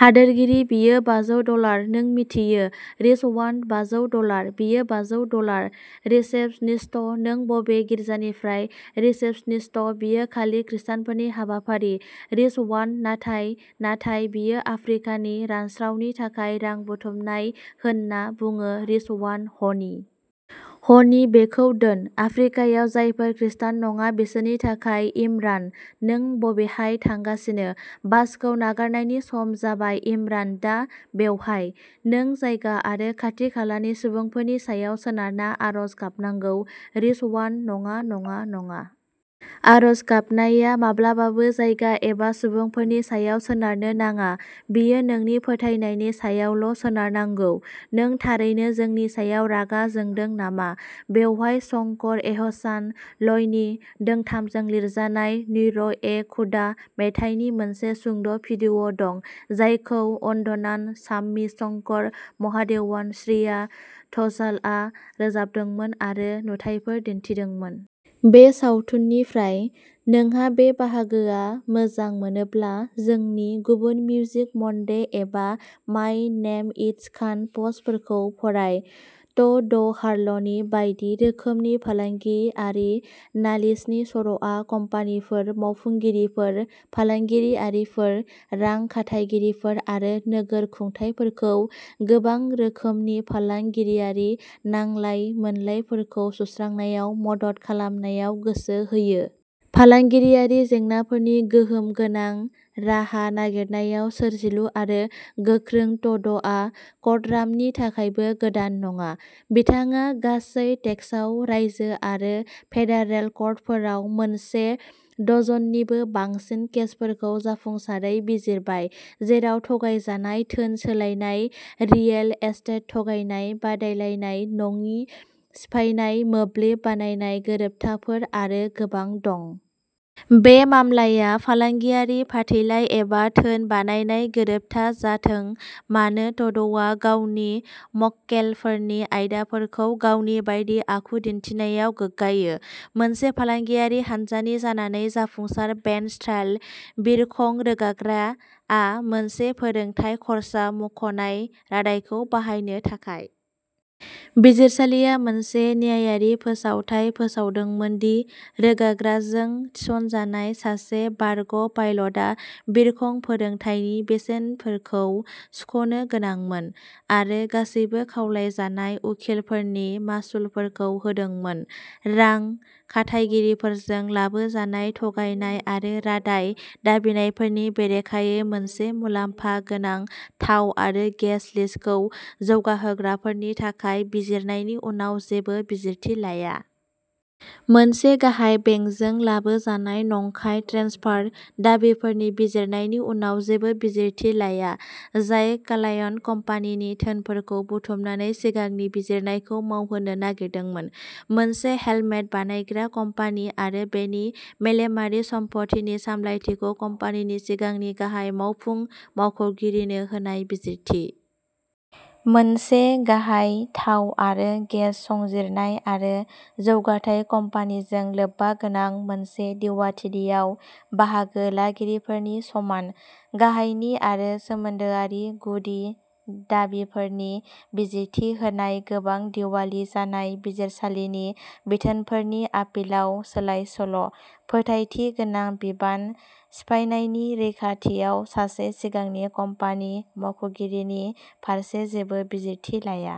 हादोरगिरि, बेयो बाजौ डलार, नों मिथियो। रिजवान बाजौ डलार। बेयो बाजौ डलार रिसेप्शनिस्ट नों बबे गिर्जानिफ्राय रिसेप्शनिस्ट बेयो खालि खृष्टानफोरनि हाबाफारि। रिजवान नाथाय नाथाय बेयो आफ्रिकानि रानस्रावनि थाखाय रां बुथुमनाय होनना बुङो। रिजवान हनि हनि बेखौ दोन। आफ्रिकायाव जायफोरा खृष्टान नङा बिसोरनि थाखाय इमरान नों बबेहाय थांगासिनो? बासखौ नागारनायनि सम जाबाय। इमरान दा बेवहाय? नों जायगा आरो खाथि-खालानि सुबुंफोरनि सायाव सोनारना आरज गाबनांगौ। रिजवान नङा नङा नङा। आरज गाबनाया माब्लाबाबो जायगा एबा सुबुंफोरनि सायाव सोनारनो नाङा। बेयो नोंनि फोथायनायनि सायावल'सोनारनांगौ। नों थारैनो जोंनि सायाव रागा जोंदों नामा? बेवहाय शंकर-एहसान-लयनि दोंथामजों लिरजानाय "नूर ए खुदा" मेथाइनि मोनसे सुंद'भिडिअ'दं, जायखौ अदनान सामी, शंकर महादेवन, श्रेया घोषालआ रोजाबदोंमोन आरो नुथायफोर दिन्थिदोंमोन। बे सावथुननिफ्राय नोंहा बे बाहागोआ मोजां मोनोब्ला जोंनि गुबुन मिउजिक मनडे एबा माय नेम इज खान प'स्टफोरखौ फराय। ट'ड हार्ल'नि बायदि रोखोमनि फालांगियारि नालिसनि सर'आ कम्पानिफोर, मावफुंगिरिफोर, फालांगियारिफोर, रां खाथायगिरिफोर आरो नोगोर खुंथायफोरखौ गोबां रोखोमनि फालांगिरियारि नांलाय मोनलायफोरखौ सुस्रांनायाव मदद खालामनायाव गोसो होयो। फालांगियारि जेंनाफोरनि गोहोम गोनां राहा नागिरनायाव सोरजिलु आरो गोख्रों, ट'डआ कोर्टरामनि थाखायबो गोदान नङा। बिथाङा गासै टेक्सासआव रायजो आरो फेडारेल कर्टफोराव मोनसे डजननिबो बांसिन केसफोरखौ जाफुंसारै बिजिरबाय, जेराव थगायजानाय धोन सोलायनाय, रियेल एस्टेट थगायनाय, बादायलायनाय नङि सिफायनाय, मोब्लिब बायनाय गोरोबथाफोर आरो गोबां दं। बे मामलाया फालांगियारि फाथैलाइ एबा धोन बायनाय गोरोबथा जाथों मानो, ट'डआ गावनि मक्केलफोरनि आयदाफोरखौ गावनि बायदि आखु दिन्थिनायाव गोग्गायो। मोनसे फालांगियारि हान्जानि जानानै जाफुंसार बेन्च ट्राइल। बिरखं रोगाग्राआ मोनसे फोरोंथाय खर्सा मख'नाय रादायखौ बाहायनो थाखाय। बिजिरसालिया मोनसे न्यायारि फोसावथाय फोसावदोंमोन दि रोगाग्राजों थिसनजानाय सासे बारग'पाइलटआ बिरखं फोरोंथायनि बेसेनफोरखौ सुख'नो गोनांमोन, आरो गासिबो खावलायजानाय उखिलफोरनि मासुलफोरखौ होदोंमोन। रां खाथायगिरिफोरजों लाबोजानाय थगायनाय आरो रादाय दाबिनायफोरनि बेरेखायै मोनसे मुलाम्फा गोनां थाव आरो गेस लिजखौ जौगाहोग्राफोरनि थाखाय बिजिरनायनि उनाव जेबो बिजिरथि लाया। मोनसे गाहाय बेंकजों लाबोजानाय नंखाय ट्रेन्सफार दाबिफोरनि बिजिरनायनि उनाव जेबो बिजिरथि लाया, जाय क्लायन्ट कम्पानिनि धोनफोरखौ बुथुमनानै सिगांनि बिजिरनायखौ मावहोनो नागिरदोंमोन। मोनसे हेलमेट बानायग्रा कम्पानि आरो बेनि मेलेमारि सम्पथिनि सामलायथिखौ कम्पानिनि सिगांनि गाहाय मावफुं मावख'गिरिनो होनाय बिजिरथि। मोनसे गाहाय थाव आरो गेस संजिरनाय आरो जौगाथाय कम्पानिजों लोब्बागोनां मोनसे दिवालिथियाव बाहागो लागिरिफोरनि समान गाहायनि आरो सोमोन्दोआरि गुदि दाबिफोरनि बिजिरथि होनाय गोबां दिवालि जानाय बिजिरसालिनि बिथोनफोरनि आपिलाव सोलायसोल'। फोथायथि गोनां बिबान सिफायनायनि रैखाथियाव सासे सिगांनि कम्पानि मावख'गिरिनि फारसे जेबो बिजिरथि लाया।